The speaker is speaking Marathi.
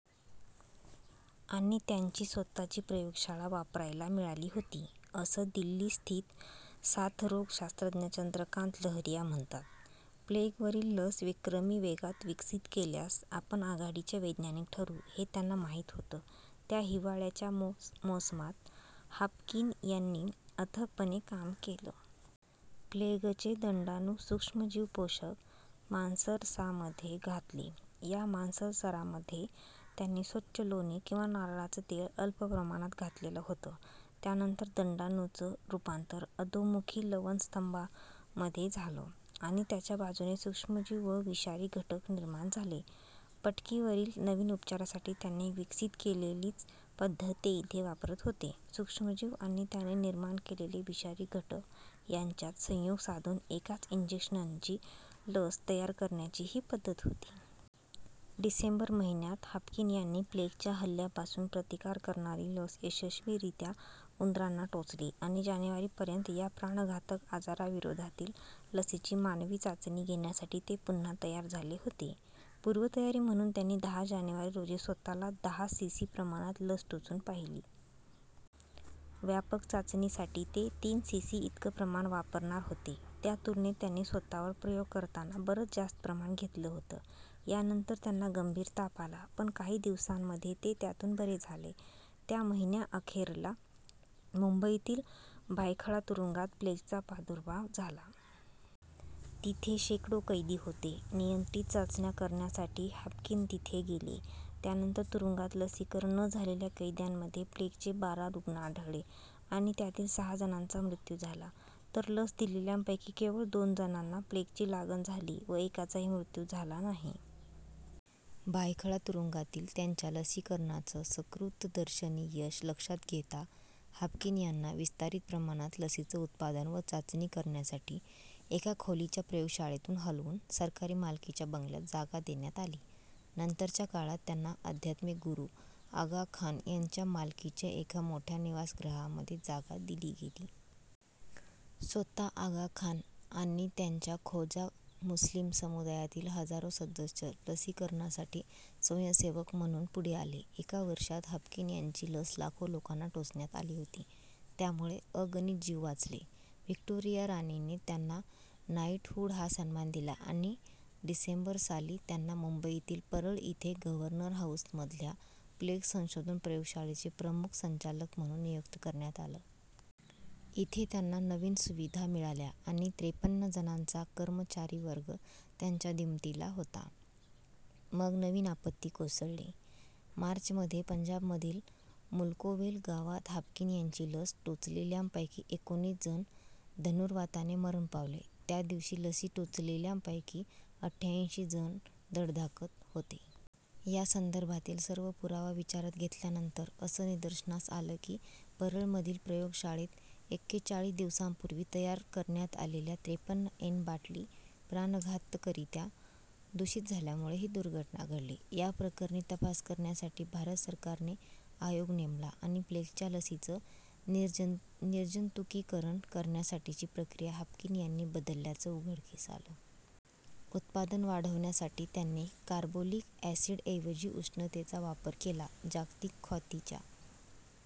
आणि त्यांची स्वतःची प्रयोगशाळा वापरायला मिळाली होती, असं दिल्लीस्थित साथरोगशास्त्रज्ञ चंद्रकांत लहरिया म्हणतात. प्लेगवरील लस विक्रमी वेगात विकसित केल्यास आपण आघाडीचे वैज्ञानिक ठरू, हे त्यांना माहीत होतं. त्या हिवाळ्याच्या मोसमात हाफकिन यांनी अथकपणे काम केलं. प्लेगचे दंडाणू सूक्ष्मजीवपोषक मांसरसामध्ये घातले, या मांसरसामध्ये त्यांनी स्वच्छ लोणी किंवा नारळाचं तेल अल्प प्रमाणात घातलेलं होतं, त्यानंतर दंडाणुचं रूपांतर अधोमुखी लवणस्तंभामध्ये झालं, आणि त्याच्या बाजूने सूक्ष्मजीव व विषारी घटक निर्माण झाले. पटकीवरील नवीन उपचारासाठी त्यांनी विकसित केलेलीच पद्धत ते इथे वापरत होते सूक्ष्मजीव आणि त्यांनी निर्माण केलेले विषारी घटक यांच्यात संयोग साधून एकाच इंजेक्शनची लस तयार करण्याची ही पद्धत होती. डिसेंबर महिन्यात हाफकिन यांनी प्लेगच्या हल्ल्यापासून प्रतिकार करणारी लस यशस्वीरित्या उंदरांना टोचली आणि जानेवारी पर्यंत या प्राणघातक आजाराविरोधातील लसीची मानवी चाचणी घेण्यासाठी ते पुन्हा तयार झाले होते. पूर्वतयारी म्हणून त्यांनी दहा जानेवारी रोजी स्वतःला दहा सीसी प्रमाणात लस टोचून पाहिली. व्यापक चाचणीसाठी ते तीन सीसी इतकं प्रमाण वापरणार होते, त्या तुलनेत त्यांनी स्वतःवर प्रयोग करताना बरंच जास्त प्रमाण घेतलं होतं. यानंतर त्यांना गंभीर ताप आला, पण काही दिवसांमध्ये ते त्यातून बरे झाले. त्या महिन्याअखेरीला मुंबईतील भायखळा तुरुंगात प्लेगचा प्रादुर्भाव झाला. तिथे शेकडो कैदी होते. नियंत्रित चाचण्या करण्यासाठी हाफकिन तिथे गेले. त्यानंतर तुरुंगात लसीकरण न झालेल्या कैद्यांमध्ये प्लेगचे बारा रुग्ण आढळले आणि त्यातील सहा जणांचा मृत्यू झाला, तर लस दिलेल्यांपैकी केवळ दोन जणांना प्लेगची लागण झाली, व एकाचाही मृत्यू झाला नाही. भायखळा तुरुंगातील त्यांच्या लसीकरणाचं सकृत्दर्शनी यश लक्षात घेता हाफकिन यांना विस्तारीत प्रमाणात लसीचं उत्पादन व चाचणी करण्यासाठी एका खोलीच्या प्रयोगशाळेतून हलवून सरकारी मालकीच्या बंगल्यात जागा देण्यात आली. नंतरच्या काळात त्यांना अध्यात्मिक गुरू आगा खान यांच्या मालकीच्या एका मोठ्या निवासगृहामध्ये जागा दिली गेली. स्वतः आगा खान आणि त्यांच्या खोजा मुस्लीम समुदायातील हजारो सदस्य लसीकरणासाठी स्वयंसेवक म्हणून पुढे आले. एका वर्षात हाफकिन यांची लस लाखो लोकांना टोचण्यात आली होती, त्यामुळे अगणित जीव वाचले. व्हिक्टोरिया राणीने त्यांना नाइटहूड हा सन्मान दिला आणि डिसेंबर साली त्यांना मुंबईतील परळ इथे गव्हर्नर हाऊसमधल्या प्लेग संशोधन प्रयोगशाळेचे प्रमुख संचालक म्हणून नियुक्त करण्यात आलं. इथे त्यांना नवीन सुविधा मिळाल्या आणि त्रेपन्न जणांचा कर्मचारीवर्ग त्यांच्या दिमतीला होता. मग नवीन आपत्ती कोसळली. मार्च मध्ये पंजाबमधील मुल्कोवेल गावात हाफकिन यांची लस टोचलेल्यांपैकी एकोणीस जण धनुर्वाताने मरण पावले. त्या दिवशी लसी टोचलेल्यांपैकी अठ्ठ्याऐंशी जण धडधाकट होते. या संदर्भातील सर्व पुरावा विचारात घेतल्यानंतर असं निदर्शनास आलं की, परळमधील प्रयोगशाळेत एक्केचाळीस दिवसांपूर्वी तयार करण्यात आलेल्या त्रेपन्न एन बाटली प्राणघातकरित्या दूषित झाल्यामुळे ही दुर्घटना घडली. या प्रकरणी तपास करण्यासाठी भारत सरकारने आयोग नेमला, आणि प्लेगच्या लसीचं निर्जंतुकीकरण करण्यासाठीची प्रक्रिया हाफकिन यांनी बदलल्याचं उघडकीस आलं. उत्पादन वाढवण्यासाठी त्यांनी कार्बोलिक ॲसिडऐवजी उष्णतेचा वापर केला. जागतिक ख्यातीच्या